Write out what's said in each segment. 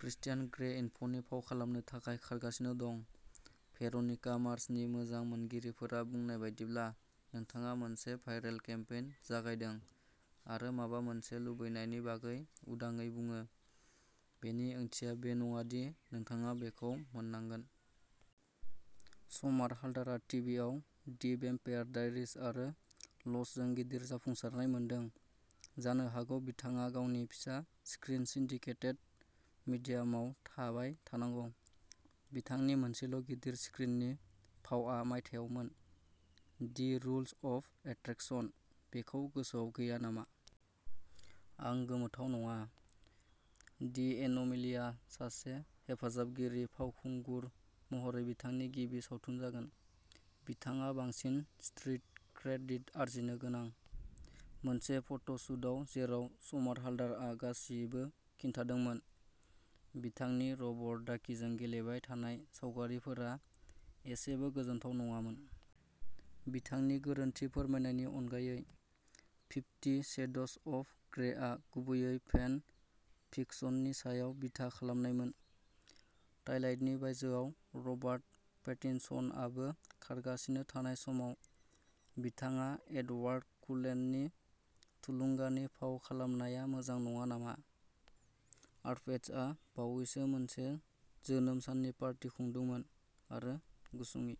Cristiano Grey इनफनि फाव खालामनो थाखाय खारगासिनो दं। भेर'निका मार्सनि मोजां मोनगिरिफोरा बुंनाय बादिब्ला नोंथाङा मोनसे भाइरेल केम्पेइन जागायदों आरो माबा मोनसे लुबैनायनि बागै उदाङै बुङो। बेनि ओंथिया बे नङा दि नोंथाङा बेखौ मोननांगोन। समारहाल्डारआ टीवीआव दि वेम्पायर डायरीज आरो लस्टजों गिदिर जाफुंसारनाय मोनदों। जानो हागौ बिथाङा गावनि फिसा स्क्रिन सिन्डिकेटेड मिडियामाव थाबाय थानांगौ। बिथांनि मोनसेल' गिदिर स्क्रिननि फावआ मायथाइयावमोन। The rules of attraction. बेखौ गोसोआव गैया नामा? आं गोमोथाव नङा। दि एन'मेलिआ सासे हेफाजाबगिरि फावखुंगुर महरै बिथांनि गिबि सावथुन जागोन। बिथाङा बांसिन स्ट्रीट क्रेडिट आरजिनो गोनां। मोनसे फटसुटआव जेराव समारहालडारआ गासिबो खिन्थादोंमोन। बिथांनि रबर डाकीजों गेलेबाय थानाय सावगारिफोरा एसेबो गोजोनथाव नङामोन। बिथांनि गोरोन्थि फोरमायनायनि अनगायै। फिफ्टी सेडस अफ ग्रेआ गुबैयै फेन फिक्शननि सायाव बिथा खालामनायमोन। टाइलाइटनि बायजोआव रबार्ट पेटिनसनआबो खारगासिनो थानाय समाव बिथाङा एडवार्ड कुलेननि थुलुंगानि फाव खालामनाया मोजां नङा नामा? आरपेटजआ बावैसो मोनसे जोनोम साननि पार्टी खुंदोंमोन आरो इ.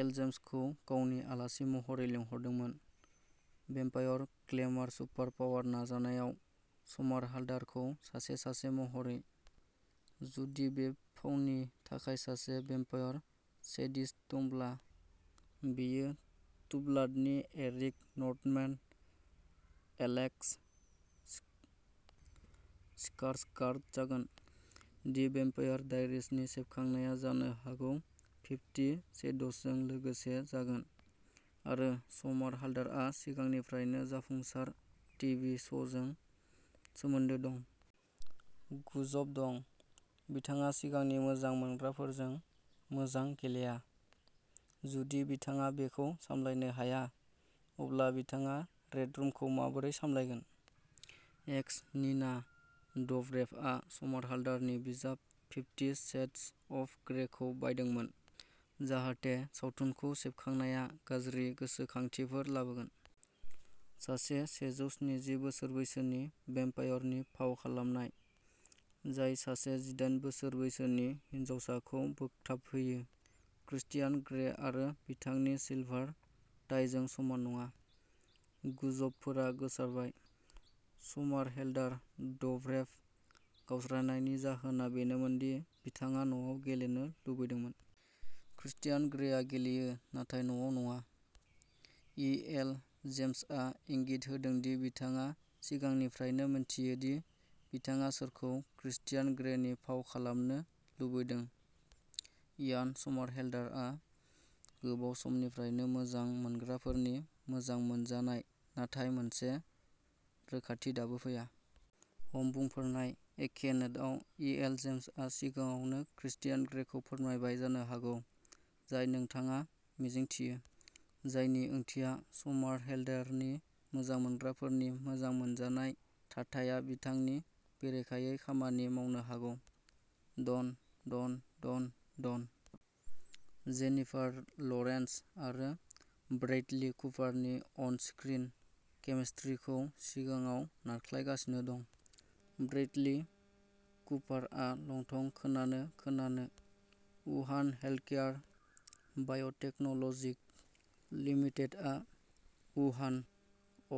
एल. जेम्सखौ गावनि आलासि महरै लिंहरदोंमोन। वेम्पायर ग्लेमार सुपार पावार नाजानायाव समारहालडारखौ सासे सासे महरै। जुदि बे फावनि थाखाय सासे वेम्पायर सेडिस्ट दंब्ला बेयो टुब्लाडनि एरिक नर्थमेन एलेक्स स्कार्सगार्ड जागोन। दि वेम्पायर डायरीजनि सेबखांनाया जानो हागौ फिफ्टी शेड्सजों लोगोसे जागोन आरो समारहालडारआ सिगांनिफ्रायनो जाफुंसार टिभि श'जों सोमोन्दोआव दं। गुजब दं। बिथाङा सिगांनि मोजां मोनग्राफोरजों मोजां गेलेया। जुदि बिथाङा बेखौ सामलायनो हाया। अब्ला बिथाङा रेड रुमखौ माबोरै सामलायगोन? एक्स नीना डब्रेभआ समारहालडारनि बिजाब फिफ्टी शेड्स अफ ग्रेखौ बायदोंमोन। जाहाथे सावथुनखौ सेबखांनाया गाज्रि गोसोखांथिफोर लाबोगोन। सासे सेजौ स्निजि बोसोर बैसोनि वेम्पायरनि फाव खालामनाय। जाय सासे जिदाइन बोसोर बैसोनि हिनजावसाखौ बोगथाबहोयो। क्रिस्टियान ग्रे आरो बिथांनि सिलभार टाइजों समान नङा। गुजबफोरा गोसारबाय। समारहेलडार डब्रेभ गावस्रानायनि जाहोना बेनोमोन दि बिथाङा न'आव गेलेनो लुबैदोंमोन। क्रिस्टियान ग्रेआ गेलेयो नाथाय न'आव नङा। इ. एल. जेम्सआ इंगित होदों दि बिथाङा सिगांनिफ्रायनो मिन्थियो दि बिथाङा सोरखौ क्रिस्टियान ग्रेनि फाव खालामनो लुबैदों। इयान समारहेलडारआ गोबाव समनिफ्रायनो मोजां मोनग्राफोरनि मोजां मोनजानाय नाथाय मोनसे रोखाथि दाबो फैया। हम बुंफोरनाय एखे नोटआव इ. एल. जेम्सआ सिगाङावनो क्रिसियान ग्रेखौ फोरमायबाय जानो हागौ जाय नोंथाङा मिजिंथियो। जायनि ओंथिया समारहेलडारनि मोजां मोनग्राफोरनि मोजां मोनजानाय थाथाया बिथांनि बेरेखायै खामानि मावनो हागौ। डन. डन. डन. डन. जेनिफार लरेन्स आरो ब्रैडली कुपारनि अन स्क्रिन केमिस्ट्रिखौ सिगाङाव नारख्लायगासिनो दं। ब्रैडली कुपारआ लंथं खोनानो खोनानो वुहान हेल्थकेयार बाय'टेकन'ल'जि क'। लिमिटेडआ Wuhan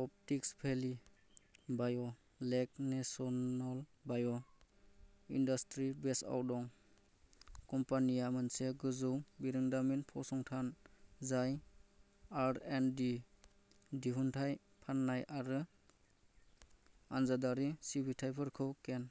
Optics Valley bio' lake national bio' industry बेसआव दं। कम्पानिया मोनसे गोजौ बिरोंदामिन फसंथान जाय आर. एन्ड. डि., दिहुनथाय फाननाय आरो आनजादारि सिबिथाइफोरखौ केन